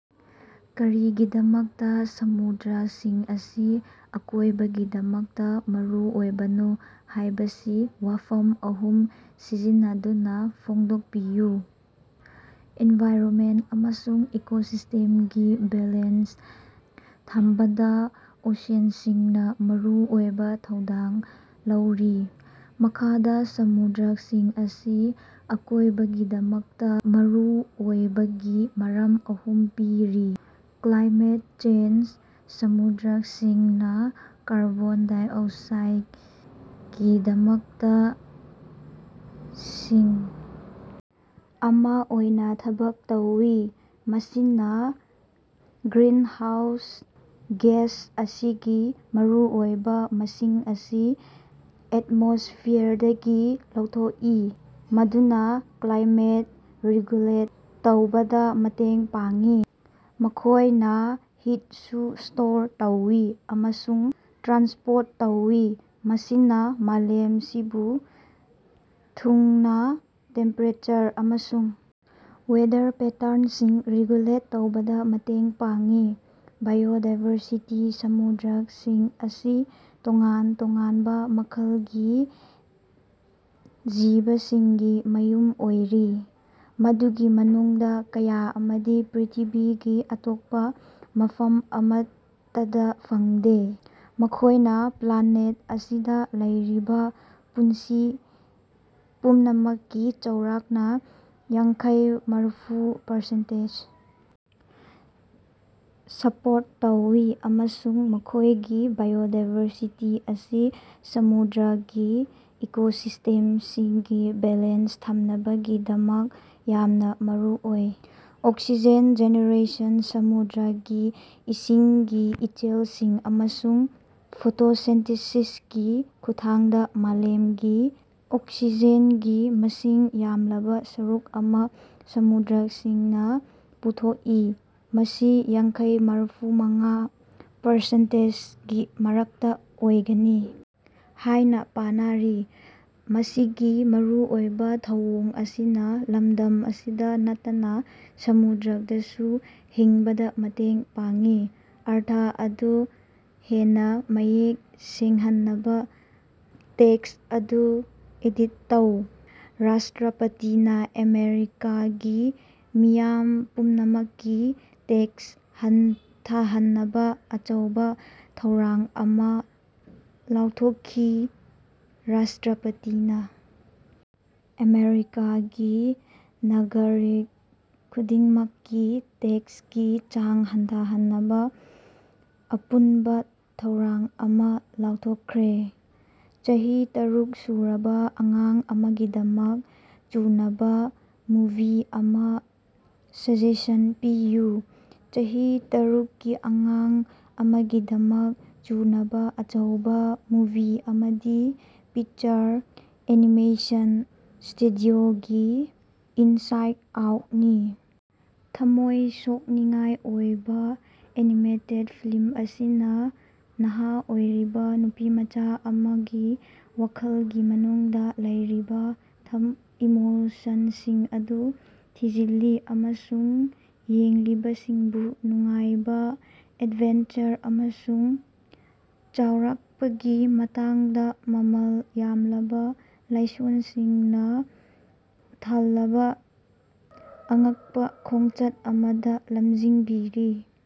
ꯀꯔꯤꯒꯤꯗꯃꯛꯇꯥ ꯁꯃꯨꯗ꯭ꯔꯁꯤꯡ ꯑꯁꯤ ꯑꯀꯣꯏꯕꯒꯤꯗꯃꯛꯇꯥ ꯃꯔꯨꯑꯣꯏꯕꯅꯣ ꯍꯥꯏꯕꯁꯤ ꯋꯥꯐꯝ ꯑꯍꯨꯝ ꯁꯤꯖꯤꯟꯅꯗꯨꯅꯥ ꯐꯣꯡꯗꯣꯛꯄꯤꯌꯨ꯫ ꯑꯦꯟꯚꯥꯏꯔꯟꯃꯦꯟ ꯑꯃꯁꯨꯡ ꯏꯀꯣꯁꯤꯁꯇꯦꯝꯒꯤ ꯕꯦꯂꯦꯟꯁ ꯊꯝꯕꯗꯥ ꯑꯣꯁꯤꯟꯁꯤꯡꯅꯥ ꯃꯔꯨꯑꯣꯏꯕ ꯊꯧꯗꯥꯡ ꯂꯧꯔꯤ꯫ ꯃꯈꯥꯗ ꯁꯃꯨꯗ꯭ꯔꯁꯤꯡ ꯑꯁꯤ ꯑꯀꯣꯏꯕꯒꯤꯗꯃꯛꯇꯥ ꯃꯔꯨꯑꯣꯏꯕꯒꯤ ꯃꯔꯝ ꯑꯍꯨꯝ ꯄꯤꯔꯤ: ꯀ꯭ꯂꯥꯏꯃꯦꯠ ꯔꯦꯒꯨꯂꯦꯁꯟ: ꯁꯃꯨꯗ꯭ꯔꯁꯤꯡꯅꯥ ꯀꯥꯔꯕꯣꯟ ꯗꯥꯏꯑꯣꯛꯁꯥꯏꯠꯀꯤꯗꯃꯛꯇꯥ "ꯁꯤꯉ꯭ꯛ" ꯑꯃ ꯑꯣꯏꯅ ꯊꯕꯛ ꯇꯧꯏ, ꯃꯁꯤꯅ ꯒ꯭ꯔꯤꯟ ꯍꯥꯎꯁ ꯒ꯭ꯌꯥꯁ ꯑꯁꯤꯒꯤ ꯃꯔꯨꯑꯣꯏꯕ ꯃꯁꯤꯡ ꯑꯁꯤ ꯑꯦꯠꯃꯣꯁꯐꯤꯌꯔꯗꯒꯤ ꯂꯧꯊꯣꯛꯏ, ꯃꯗꯨꯅ ꯀ꯭ꯂꯥꯏꯃꯦꯠ ꯔꯤꯒꯨꯂꯦꯠ ꯇꯧꯕꯗ ꯃꯇꯦꯡ ꯄꯥꯡꯏ꯫ ꯃꯈꯣꯏꯅ ꯍꯤꯠꯁꯨ ꯁ꯭ꯇꯣꯔ ꯇꯧꯏ ꯑꯃꯁꯨꯡ ꯇ꯭ꯔꯥꯟꯁꯄꯣꯔꯠ ꯇꯧꯏ, ꯃꯁꯤꯅ ꯃꯥꯂꯦꯝ ꯁꯤꯟꯕ ꯊꯨꯡꯅꯥ ꯇꯦꯝꯄꯦꯔꯦꯆꯔ ꯑꯃꯁꯨꯡ ꯋꯦꯗꯔ ꯄꯦꯇꯔꯟꯁꯤꯡ ꯔꯤꯒꯨꯂꯦꯠ ꯇꯧꯕꯗ ꯃꯇꯦꯡ ꯄꯥꯡꯏ꯫ ꯕꯥꯏꯑꯣꯗꯥꯏꯕꯔꯁꯤꯇꯤ: ꯁꯃꯨꯗ꯭ꯔꯁꯤꯡ ꯑꯁꯤ ꯇꯣꯉꯥꯟ ꯇꯣꯉꯥꯟꯕ ꯃꯈꯜꯒꯤ ꯖꯤꯕꯁꯤꯡꯒꯤ ꯃꯌꯨꯝ ꯑꯣꯏꯔꯤ, ꯃꯗꯨꯒꯤ ꯃꯅꯨꯡꯗꯥ ꯀꯌꯥ ꯑꯃꯗꯤ ꯄ꯭ꯔ꯭ꯤꯊꯤꯕꯤꯒꯤ ꯑꯇꯣꯞꯄ ꯃꯐꯝ ꯑꯃꯠꯇꯗꯥ ꯐꯪꯗꯦ꯫ ꯃꯈꯣꯏꯅ ꯄ꯭ꯂꯥꯟꯅꯦꯠ ꯑꯁꯤꯗ ꯂꯩꯔꯤꯕ ꯄꯨꯟꯁꯤ ꯄꯨꯝꯅꯃꯛꯀꯤ ꯆꯥꯎꯔꯛꯅ ꯌꯥꯡꯈꯩ-ꯃꯔꯐꯨ ꯄꯥꯔꯁꯦꯟꯇꯦꯟꯁ ꯁ꯭ꯄꯣꯔꯠ ꯇꯧꯏ, ꯑꯃꯁꯨꯡ ꯃꯈꯣꯏꯒꯤ ꯕꯥꯏꯑꯣꯗꯥꯏꯕꯔꯁꯤꯇꯤ ꯑꯁꯤ ꯁꯃꯨꯗ꯭ꯔꯒꯤ ꯏꯀꯣꯁꯤꯁ꯭ꯇꯦꯝꯁꯤꯡꯒꯤ ꯕꯦꯂꯦꯟꯁ ꯊꯝꯅꯕꯒꯤꯗꯃꯛ ꯌꯥꯝꯅ ꯃꯔꯨꯑꯣꯏ꯫ ꯑꯣꯛꯁꯤꯖꯦꯟ ꯖꯦꯅꯦꯔꯦꯁꯟ: ꯁꯃꯨꯗ꯭ꯔꯒꯤ ꯏꯁꯤꯡꯒꯤ ꯏꯆꯦꯜꯁꯤꯡ ꯑꯃꯁꯨꯡ ꯐꯣꯇꯣꯁꯤꯟꯊꯦꯁꯤꯁꯀꯤ ꯈꯨꯠꯊꯥꯡꯗ ꯃꯥꯂꯦꯝꯒꯤ ꯑꯣꯛꯁꯤꯖꯦꯟꯒꯤ ꯃꯁꯤꯡ ꯌꯥꯝꯂꯕ ꯁꯔꯨꯛ ꯑꯃ ꯁꯃꯨꯗ꯭ꯔꯁꯤꯡꯅꯥ ꯄꯨꯊꯣꯛꯏ, ꯃꯁꯤ ꯌꯥꯡꯈꯩ-ꯃꯔꯐꯨꯃꯉꯥ ꯄꯔꯁꯦꯟꯇꯦꯟꯁꯒꯤ ꯃꯔꯛꯇꯥ ꯑꯣꯏꯒꯅꯤ ꯍꯥꯏꯅ ꯄꯥꯅꯔꯤ꯫ ꯃꯁꯤꯒꯤ ꯃꯔꯨꯑꯣꯏꯕ ꯊꯧꯑꯣꯡ ꯑꯁꯤꯅ ꯂꯝꯗꯝ ꯑꯁꯤꯗ ꯅꯠꯇꯅ ꯁꯃꯨꯗ꯭ꯔꯗꯁꯨ ꯍꯤꯡꯕꯗꯥ ꯃꯇꯦꯡ ꯄꯥꯡꯏ꯫ ꯑꯔꯊ ꯑꯗꯨ ꯍꯦꯟꯅꯥ ꯃꯌꯦꯛ ꯁꯦꯡꯍꯟꯅꯕꯥ ꯇꯦꯛꯁ ꯑꯗꯨ ꯑꯦꯗꯤꯠ ꯇꯧ꯫ ꯔꯥꯁꯇ꯭ꯔꯥꯄꯇꯤꯅꯥ ꯑꯃꯦꯔꯤꯀꯥꯒꯤ ꯃꯤꯌꯥꯝ ꯄꯨꯝꯅꯃꯛꯀꯤ ꯇꯦꯛꯁ ꯍꯟꯊꯍꯟꯅꯕꯥ ꯑꯆꯧꯕꯥ ꯊꯧꯔꯥꯡ ꯑꯃ ꯂꯥꯎꯊꯣꯛꯈꯤ꯫ ꯔꯥꯁꯇ꯭ꯔꯥꯄꯇꯤꯅꯥ ꯑꯃꯦꯔꯤꯀꯥꯒꯤ ꯅꯥꯒ꯭ꯔꯤꯛ ꯈꯨꯗꯤꯡꯃꯛꯀꯤ ꯇꯦꯛꯁꯀꯤ ꯆꯥꯡ ꯍꯟꯊꯍꯟꯅꯕꯥ ꯑꯄꯨꯟꯕꯥ ꯊꯧꯔꯥꯡ ꯑꯃ ꯂꯥꯎꯊꯣꯛꯈ꯭ꯔꯦ꯫ ꯆꯍꯤ ꯇꯔꯨꯛ ꯁꯨꯔꯕꯥ ꯑꯉꯥꯡ ꯑꯃꯒꯤꯗꯃꯛ ꯆꯨꯅꯕꯥ ꯃꯨꯚꯤ ꯑꯃ ꯁꯖꯦꯁꯟ ꯄꯤꯌꯨ꯫ ꯆꯍꯤ ꯇꯔꯨꯛꯀꯤ ꯑꯉꯥꯡ ꯑꯃꯒꯤꯗꯃꯛ ꯆꯨꯅꯕꯥ ꯑꯆꯧꯕ ꯃꯨꯚꯤ ꯑꯃꯗꯤ ꯄꯤꯛꯆꯔ ꯑꯦꯅꯤꯃꯦꯁꯟ ꯁ꯭ꯇꯨꯗꯤꯑꯣꯒꯤ "ꯏꯟꯁꯥꯏꯠ ꯑꯥꯎꯠ"ꯅꯤ꯫ ꯊꯃꯣꯏ ꯁꯣꯛꯅꯤꯡꯉꯥꯏ ꯑꯣꯏꯕ ꯑꯦꯅꯤꯃꯦꯇꯦꯠ ꯐꯤꯂꯝ ꯑꯁꯤꯅ ꯅꯍꯥ ꯑꯣꯏꯔꯤꯕ ꯅꯨꯄꯤꯃꯆꯥ ꯑꯃꯒꯤ ꯋꯥꯈꯜꯒꯤ ꯃꯅꯨꯡꯗ ꯂꯩꯔꯤꯕ ꯏꯃꯣꯁꯟꯁꯤꯡ ꯑꯗꯨ ꯊꯤꯖꯤꯜꯂꯤ ꯑꯃꯁꯨꯡ ꯌꯦꯡꯂꯤꯕꯁꯤꯡꯕꯨ ꯅꯨꯡꯉꯥꯏꯕ, ꯑꯦꯗꯚꯦꯟꯆꯔ ꯑꯃꯁꯨꯡ ꯆꯥꯎꯔꯛꯄꯒꯤ ꯃꯇꯥꯡꯗ ꯃꯃꯜ ꯌꯥꯝꯂꯕ ꯂꯥꯏꯁꯣꯟꯁꯤꯡꯅ ꯊꯜꯂꯕ ꯑꯉꯛꯄꯥ ꯈꯣꯡꯆꯠ ꯑꯃꯗ ꯂꯝꯖꯤꯡꯕꯤꯔꯤ꯫